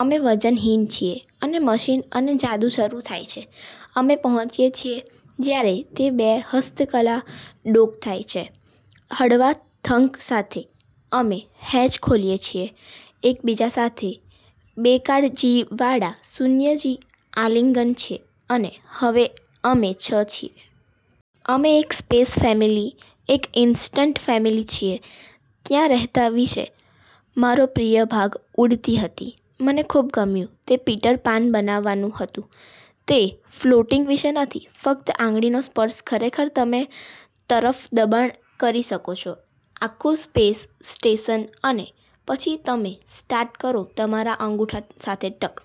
અમે વજનહીન છીએ. અને મિશન અને જાદુ શરૂ થાય છે. અમે પહોંચીએ છીએ જ્યારે તે બે હસ્તકલા ડોક થાય છે હળવા થંક સાથે. અમે હેચ ખોલીએ છીએ, એકબીજા સાથે બેકાળજિવાળા શૂન્ય જી આલિંગન છે અને હવે અમે છ છીએ. અમે એક સ્પેસ ફેમિલી, એક ઇન્સ્ટન્ટ ફેમિલી છીએ. ત્યાં રહેતા વિશે મારો પ્રિય ભાગ ઉડતી હતી. મને ખુબ ગમ્યું. તે પીટર પાન બનવાનું હતું. તે ફ્લોટિંગ વિશે નથી. ફક્ત આંગળીનો સ્પર્શ ખરેખર તમે તરફ દબાણ કરી શકો છો આખું સ્પેસ સ્ટેશન, અને પછી તમે સ્ટાર્ટ કરો તમારા અંગૂઠા સાથે ટક.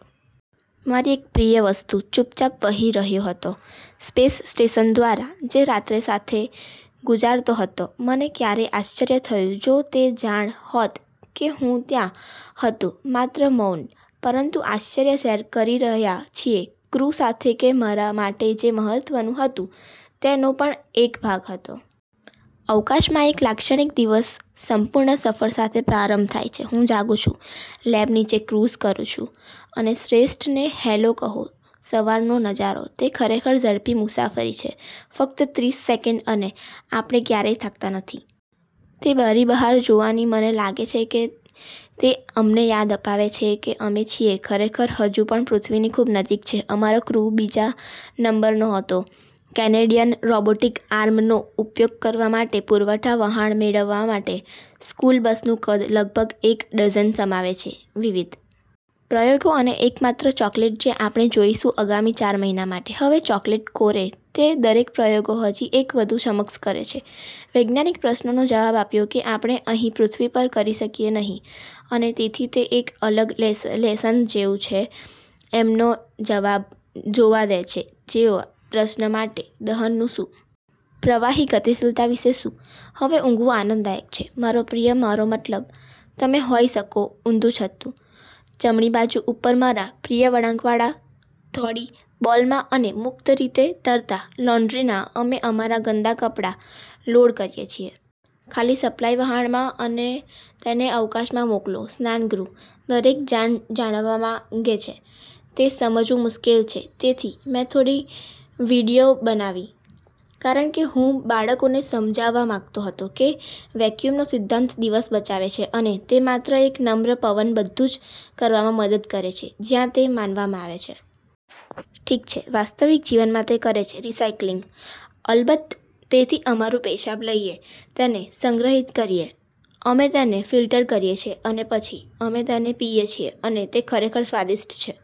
મારી એક પ્રિય વસ્તુ ચૂપચાપ વહી રહ્યો હતો સ્પેસ સ્ટેશન દ્વારા, જે રાત્રે સાથે ગુંજારતો હતો. મને ક્યારેક આશ્ચર્ય થયું જો તે જાણ હોત કે હું ત્યાં હતો માત્ર મૌન, પરંતુ આશ્ચર્ય શેર કરી રહ્યા છીએ ક્રૂ સાથે કે મારા માટે જે મહત્ત્વનું હતું તેનો પણ એક ભાગ હતો. અવકાશમાં એક લાક્ષણિક દિવસ સંપૂર્ણ સફર સાથે પ્રારંભ થાય છે. હું જાગું છું, લેબ નીચે ક્રુઝ કરું છું અને શ્રેષ્ઠને હેલો કહો સવારનો નજારો. તે ખરેખર ઝડપી મુસાફરી છે, ફક્ત ત્રીસ સેકંડ અને આપણે ક્યારેય થાકતા નથી. તે બારી બહાર જોવાની મને લાગે છે કે તે અમને યાદ અપાવે છે કે અમે છીએ ખરેખર હજુ પણ પૃથ્વીની ખૂબ નજીક છે. અમારો ક્રૂ બીજા નંબરનો હતો. કેનેડિયન રોબોટિક આર્મનો ઉપયોગ કરવા માટે પુરવઠા વહાણ મેળવવા માટે સ્કૂલ બસનું કદ લગભગ એક ડઝન સમાવે છે .વિવિધ પ્રયોગો અને એકમાત્ર ચોકલેટ જે આપણે જોઈશું આગામી ચાર મહિના માટે. હવે, ચોકલેટ કોરે, તે દરેક પ્રયોગો હજી એક વધુ સક્ષમ કરે છે વૈજ્ઞાનિક પ્રશ્નનો જવાબ આપ્યો કે આપણે અહીં પૃથ્વી પર કરી શકીએ નહીં અને તેથી તે એક અલગ લેન્સ જેવું છે, અમને જવાબો જોવા દે છે જેવા પ્રશ્નો માટે, દહનનું શું? પ્રવાહી ગતિશીલતા વિશે શું? હવે ઉંઘવુ આનંદદાયક છે. મારો પ્રિય મારો મતલબ, તમે હોઈ શકો ઉધું-ચત્તુ, જમણી બાજુ ઉપર મારા પ્રિય વળાંકવાળા થોડી બોલમાં અને મુક્ત રીતે તરતા લોન્ડ્રી ના અમે અમારા ગંદા કપડા લોડ કરીએ છીએ. ખાલી સપ્લાય વહાણમાં અને તેને અવકાશમાં મોકલો. સ્નાનગૃહ. દરેક જણ જાણવા માંગે છે. તે સમજવું મુશ્કેલ છે, તેથી મેં થોડી વિડિઓ બનાવી, કારણ કે હું બાળકોને સમજવા માંગતો હતો કે વેક્યૂમનો સિદ્ધાંત દિવસ બચાવે છે અને તે માત્ર એક નમ્ર પવન બધું જ કરવામાં મદદ કરે છે, જ્યાં તે માનવામાં આવે છે. ઠીક છે, વાસ્તવિક જીવનમાં તે કરે છે. રિસાયક્લિંગ. અલબત્ત. તેથી અમારું પેશાબ લઈએ તેનેસંગ્રહિત કરીએ છીએ, અમે તેને ફિલ્ટર કરીએ છીએ અને પછી અમે તેને પીએ છીએ અને તે ખરેખર સ્વાદિષ્ટ છે.